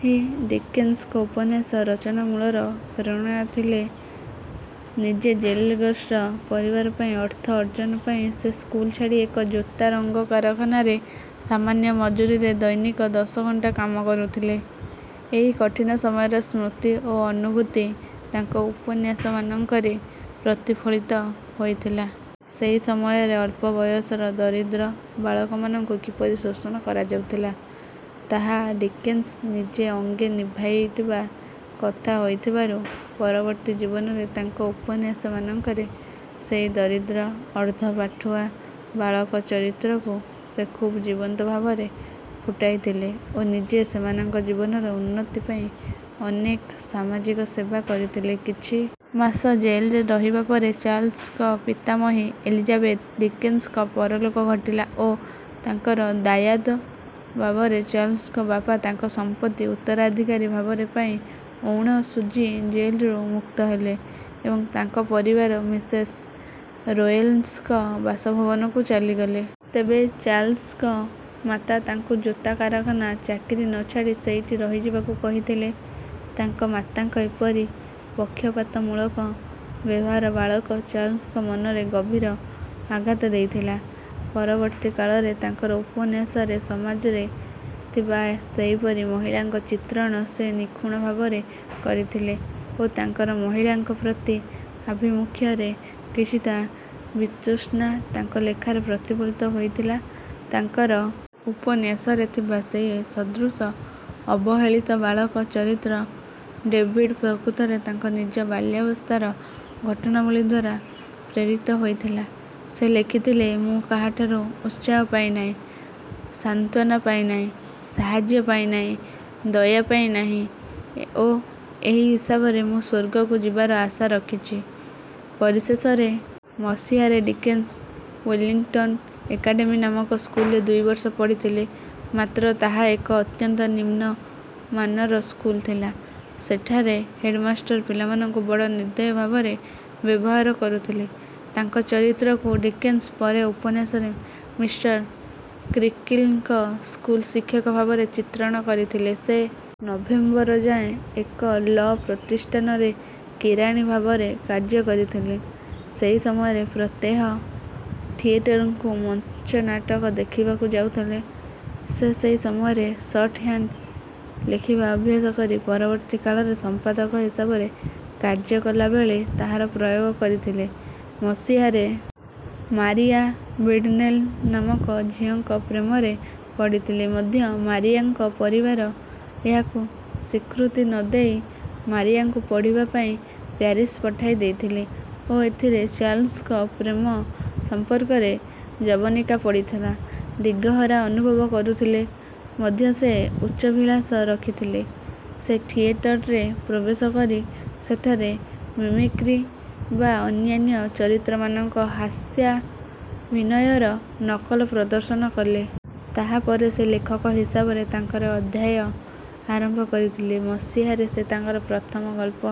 ହିଁ ଡିକେନ୍ସଙ୍କ ଉପନ୍ୟାସ ରଚନା ମୂଳର ପ୍ରେରଣା ଥିଲେ। ନିଜ ଜେଲଗ୍ରସ୍ତ ପରିବାର ପାଇଁ ଅର୍ଥ ଅର୍ଜନ ପାଇଁ ସେ ସ୍କୁଲ ଛାଡ଼ି ଏକ ଜୋତା ରଙ୍ଗ କାରଖାନାରେ ସାମାନ୍ୟ ମଜୁରିରେ ଦୈନିକ ଦଶ ଘଣ୍ଟା କାମ କରୁଥିଲେ। ଏହି କଠିନ ସମୟର ସ୍ମୃତି ଓ ଅନୁଭୂତି ତାଙ୍କ ଉପନ୍ୟାସମାନଙ୍କରେ ପ୍ରତିଫଳିତ ହୋଇଥିଲା। ସେହି ସମୟରେ ଅଳ୍ପ ବୟସର ଦରିଦ୍ର ବାଳକମାନଙ୍କୁ କିପରି ଶୋଷଣ କରାଯାଉଥିଲା, ତାହା ଡିକେନ୍ସ ନିଜେ ଅଙ୍ଗେ ନିଭାଇଥିବା କଥା ହୋଇଥିବାରୁ, ପରବର୍ତ୍ତୀ ଜୀବନରେ ତାଙ୍କ ଉପନ୍ୟାସମାନଙ୍କରେ ସେହି ଦରିଦ୍ର, ଅର୍ଦ୍ଧ-ପାଠୁଆ ବାଳକ ଚରିତ୍ରକୁ ସେ ଖୁବ୍ ଜୀବନ୍ତ ଭାବରେ ଫୁଟାଇଥିଲେ ଓ ନିଜେ ସେମାନଙ୍କ ଜୀବନର ଉନ୍ନତି ପାଇଁ ଅନେକ ସାମାଜିକ ସେବା କରିଥିଲେ। କିଛି ମାସ ଜେଲରେ ରହିବା ପରେ ଚାର୍ଲ୍ସଙ୍କ ପିତାମହୀ ଏଲିଜାବେଥ ଡିକେନ୍ସଙ୍କ ପରଲୋକ ଘଟିଲା ଓ ତାଙ୍କର ଦାୟାଦ ଭାବରେ ଚାର୍ଲ୍ସଙ୍କ ବାପା ତାଙ୍କ ସମ୍ପତ୍ତି ଉତ୍ତରାଧିକାରୀ ଭାବରେ ପାଇ ଔଣ ଶୁଝି ଜେଲରୁ ମୁକ୍ତ ହେଲେ ଏବଂ ତାଙ୍କ ପରିବାର ମିସେସ ରୋଏଲେନ୍ସଙ୍କ ବାସଭବନକୁ ଚାଲିଗଲେ। ତେବେ ଚାର୍ଲ୍ସଙ୍କ ମାତା ତାଙ୍କୁ ଜୋତା କାରଖାନା ଚାକିରି ନ ଛାଡ଼ି ସେଇଠି ରହିଯିବାକୁ କହିଥିଲେ। ତାଙ୍କ ମାତାଙ୍କ ଏପରି ପକ୍ଷପାତମୂଳକ ବ୍ୟବହାର ବାଳକ ଚାର୍ଲ୍ସଙ୍କ ମନରେ ଗଭୀର ଆଘାତ ଦେଇଥିଲା। ପରବର୍ତ୍ତୀ କାଳରେ ତାଙ୍କର ଉପନ୍ୟାସରେ ସମାଜରେ ଥିବା ସେହିପରି ମହିଳାଙ୍କ ଚିତ୍ରଣ ସେ ନିଖୁଣ ଭାବରେ କରିଥିଲେ ଓ ତାଙ୍କର ମହିଳାଙ୍କ ପ୍ରତି ଆଭିମୁଖ୍ୟରେ କିଛିଟା ବିତୃଷ୍ଣା ତାଙ୍କ ଲେଖାରେ ପ୍ରତିଫଳିତ ହୋଇଥିଲା। ତାଙ୍କର ଉପନ୍ୟାସରେ ଥିବା ସେହି ସଦୃଶ ଅବହେଳିତ ବାଳକ ଚରିତ୍ର ଡେଭିଡ୍ ପ୍ରକୃତରେ ତାଙ୍କ ନିଜ ବାଲ୍ୟାବସ୍ଥାର ଘଟଣାବଳୀ ଦ୍ୱାରା ପ୍ରେରିତ ହୋଇଥିଲା। ସେ ଲେଖିଥିଲେ, ମୁଁ କାହାଠାରୁ ଉତ୍ସାହ ପାଇ ନାହିଁ, ସାନ୍ତ୍ୱନା ପାଇ ନାହିଁ, ସାହାଯ୍ୟ ପାଇ ନାହିଁ, ଦୟା ପାଇ ନାହିଁ, ଓ ଏହି ହିସାବରେ ମୁଁ ସ୍ୱର୍ଗକୁ ଯିବାର ଆଶା ରଖିଛି। ପରିଶେଷରେ ମସିହାରେ ଡିକେନ୍ସ ୱେଲିଂଟନ୍ ଏକାଡେମୀ ନାମକ ସ୍କୁଲରେ ଦୁଇ ବର୍ଷ ପଢ଼ିଥିଲେ। ମାତ୍ର ତାହା ଏକ ଅତ୍ୟନ୍ତ ନିମ୍ନ ମାନର ସ୍କୁଲ ଥିଲା। ସେଠାରେ ହେଡମାଷ୍ଟର ପିଲାମାନଙ୍କୁ ବଡ଼ ନିର୍ଦ୍ଦୟ ଭାବରେ ବ୍ୟବହାର କରୁଥିଲେ। ତାଙ୍କ ଚରିତ୍ରକୁ ଡିକେନ୍ସ ପରେ ଉପନ୍ୟାସରେ "ମିଷ୍ଟର କ୍ରୀକିଲ"ଙ୍କ ସ୍କୁଲ ଶିକ୍ଷକ ଭାବରେ ଚିତ୍ରଣ କରିଥିଲେ। ସେ ନଭେମ୍ବର ଯାଏ ଏକ ଲ' ପ୍ରତିଷ୍ଠାନରେ କିରାଣୀ ଭାବରେ କାର୍ଯ୍ୟ କରିଥିଲେ। ସେହି ସମୟରେ ପ୍ରତ୍ୟହ ଥିଏଟରକୁ ମଞ୍ଚନାଟକ ଦେଖିବାକୁ ଯାଉଥିଲେ। ସେ ସେହି ସମୟରେ ଶର୍ଟ ହାଣ୍ଡ ଲେଖିବା ଅଭ୍ୟାସ କରି ପରବର୍ତ୍ତୀ କାଳରେ ସମ୍ପାଦକ ହିସାବରେ କାର୍ଯ୍ୟ କଲା ବେଳେ ତାହାର ପ୍ରୟୋଗ କରିଥିଲେ। ମସିହାରେ ମାରିଆ ବିଡନେଲ ନାମକ ଝିଅଙ୍କ ପ୍ରେମରେ ପଡ଼ିଥିଲେ ମଧ୍ୟ ମାରିଆଙ୍କ ପରିବାର ଏହାକୁ ସ୍ୱୀକୃତି ନ ଦେଇ ମାରିଆଙ୍କୁ ପଢ଼ିବା ପାଇଁ ପ୍ୟାରିସ୍ ପଠାଇ ଦେଇଥିଲେ ଓ ଏଥିରେ ଚାର୍ଲ୍ସଙ୍କ ପ୍ରେମ ସମ୍ପର୍କରେ ଜବନିକା ପଡ଼ିଥିଲା। ଦିଗହରା ଅନୁଭବ କରୁଥିଲେ ମଧ୍ୟ ସେ ଉଚ୍ଚାଭିଳାଷ ରଖିଥିଲେ। ସେ ଥିଏଟରରେ ପ୍ରବେଶ କରି ସେଠାରେ ମିମିକ୍ରି ବା ଅନ୍ୟାନ୍ୟ ଚରିତ୍ରମାନଙ୍କ ହାସ୍ୟାଭିନୟର ନକଲ ପ୍ରଦର୍ଶନ କଲେ। ତାହା ପରେ ସେ ଲେଖକ ହିସାବରେ ତାଙ୍କର ଅଧ୍ୟାୟ ଆରମ୍ଭ କରିଥିଲେ। ମସିହାରେ ସେ ତାଙ୍କର ପ୍ରଥମ ଗଳ୍ପ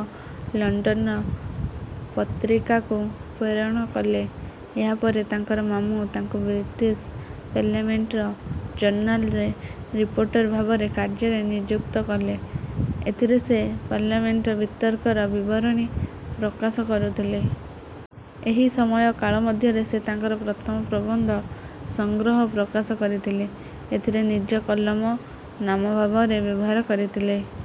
ଲଣ୍ଡନର ପତ୍ରିକାକୁ ପ୍ରେରଣ କଲେ। ଏହା ପରେ ତାଙ୍କର ମାମୁ ତାଙ୍କୁ ବ୍ରିଟିଶ ପାର୍ଲାମେଣ୍ଟର ଜର୍ନାଲରେ ରିପୋର୍ଟର ଭାବରେ କାର୍ଯ୍ୟରେ ନିଯୁକ୍ତ କଲେ। ଏଥିରେ ସେ ପାର୍ଲାମେଣ୍ଟର ବିତର୍କର ବିବରଣୀ ପ୍ରକାଶ କରୁଥିଲେ। ଏହି ସମୟକାଳ ମଧ୍ୟରେ ସେ ତାଙ୍କର ପ୍ରଥମ ପ୍ରବନ୍ଧ ସଂଗ୍ରହ ପ୍ରକାଶ କରିଥିଲେ। ଏଥିରେ ନିଜ କଲମ ନାମ ଭାବରେ ବ୍ୟବହାର କରିଥିଲେ।